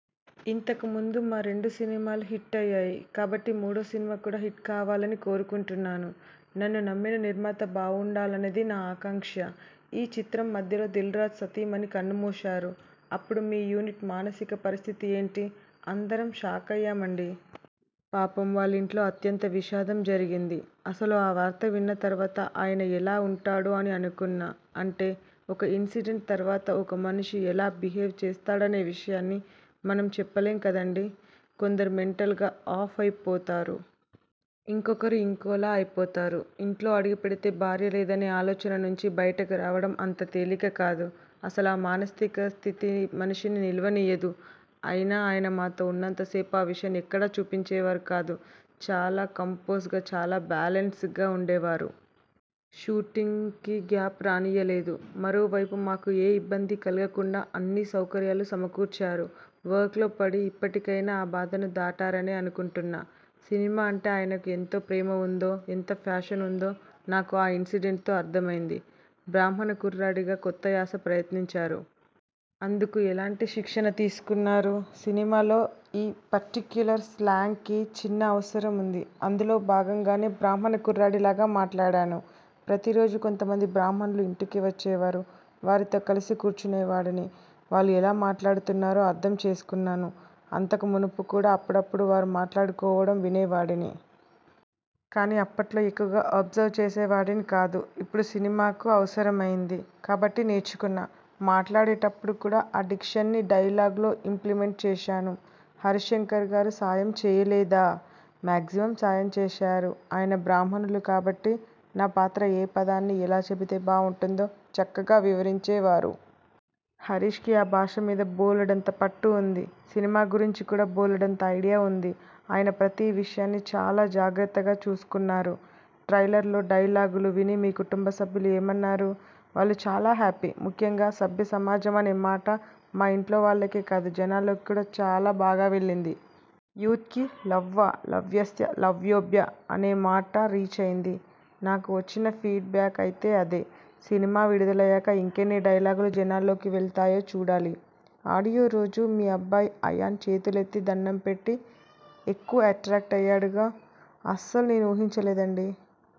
ఇంతకు ముందు మా రెండు సినిమాలు హిట్ అయ్యాయి కాబట్టి మూడో సినిమా కూడా హిట్ కావాలని కోరుకుంటున్నాను. నన్ను నమ్మిన నిర్మాత బావుండాలన్నదే నా ఆకాంక్ష. ఈ చిత్రం మధ్యలో దిల్రాజు సతీమణి కన్నుమూశారు అప్పుడు మీ యూనిట్ మానసిక పరిస్థితి ఏంటి? అందరం షాక్ అయ్యామండీ. పాపం వాళ్లింట్లో అత్యంత విషాదం జరిగింది. అసలు ఆ వార్త విన్న తర్వాత, ఆయన ఎలా ఉంటాడో అని అనుకున్నా అంటే ఒక ఇన్సిడెంట్ తర్వాత ఒక మనిషి ఎలా బిహేవ్ చేస్తాడనే విషయాన్ని మనం చెప్పలేం కదండీ! కొందరు మెంటల్గా ఆఫ్ అయి పోతారు. ఇంకొకరు ఇంకోలా అయిపోతారు. ఇంట్లో అడుగుపెడితే భార్య లేదనే ఆలోచన నుంచి బయటకు రావడం అంత తేలికకాదు. అసలు ఆ మానసిక స్థితి మనిషిని నిలవనీయదు. అయినా ఆయన మాతో ఉన్నంత సేపూ ఆ విషయాన్ని ఎక్కడా చూపించేవారు కాదు. చాలా కంపోజ్డ్గా, చాలా బ్యాలెన్స్డ్గా ఉండేవారు. షూటింగ్కి గ్యాప్ రానీయలేదు. మరో వైపు మాకు ఏ ఇబ్బంది కలగకుండా అన్నీ సౌకర్యాలూ సమకూర్చారు. వర్క్లో పడి, ఇప్పటికైనా ఆ బాధను దాటారనే అనుకుంటున్నా. సినిమా అంటే ఆయనకు ఎంత ప్రేమ ఉందో, ఎంత ప్యాషన్ ఉందో నాకు ఈ ఇన్సిడెంట్తో అర్థమైంది. బ్రాహ్మణ కుర్రాడిగా కొత్త యాస ప్రయత్నించారు. అందుకు ఎలాంటి శిక్షణ తీసుకున్నారు? సినిమాలో ఈ పర్టిక్యులర్ స్లాంగ్కి చిన్న అవసరం ఉంది. అందులో భాగంగానే బ్రాహ్మణ కుర్రాడిలాగా మాట్లాడాను. ప్రతిరోజూ కొంతమంది బ్రాహ్మణులు ఇంటికి వచ్చేవారు. వారితో కలిసి కూర్చునేవాడిని. వాళ్లు ఎలా మాట్లాడుతున్నారో అర్థం చేసుకున్నాను. అంతకుమునుపు కూడా అప్పుడప్పుడూ వారు మాట్లాడుకోవడం వినేవాడిని. కానీ అప్పట్లో ఎక్కువగా అబ్జర్వ్ చేసేవాడిని కాదు. ఇప్పుడు సినిమాకు అవసరమైంది కాబట్టి నేర్చుకున్నా. మాట్లాడేటప్పుడు కూడా ఆ డిక్షన్ని డైలాగ్లో ఇంప్లిమెంట్ చేశాను. హరీశ్శంకర్గారు సాయం చేయలేదా? మేగ్జిమమ్ సాయం చేశారు. ఆయన బ్రాహ్మణులు కాబట్టి నా పాత్ర ఏ పదాన్ని ఎలా చెబితే బావుంటుందో చక్కగా వివరించేవారు. హరీశ్కి ఆ భాష మీద బోలెడంత పట్టు ఉంది. సినిమా గురించి కూడా బోలెడంత ఐడియా ఉంది. ఆయన ప్రతి విషయాన్నీ చాలా జాగ్రత్తగా చూసుకున్నారు. ట్రైలర్లో డైలాగులు విని మీ కుటుంబసభ్యులు ఏమన్నారు? వాళ్లు చాలా హ్యాపీ. ముఖ్యంగా 'సభ్య సమాజం' అనే మాట మా ఇంట్లో వాళ్లకే కాదు జనాల్లోకి కూడా చాలా బాగా వెళ్లింది. యూత్కి 'లవ్వః లవ్యస్య లవ్యభ్యో' అనే మాట రీచ్ అయింది. నాకు వచ్చిన ఫీడ్ బ్యాక్ అయితే అదే. సినిమా విడుదలయ్యాక ఇంకెన్ని డైలాగులు జనాల్లోకి వెళ్తాయో చూడాలి. ఆడియో రోజు మీ అబ్బాయి అయాన్ చేతులెత్తి దణ్ణం పెట్టి ఎక్కువ ఎట్రాక్ట్ అయ్యాడుగా! అస్సలు నేను ఊహించలేదండీ.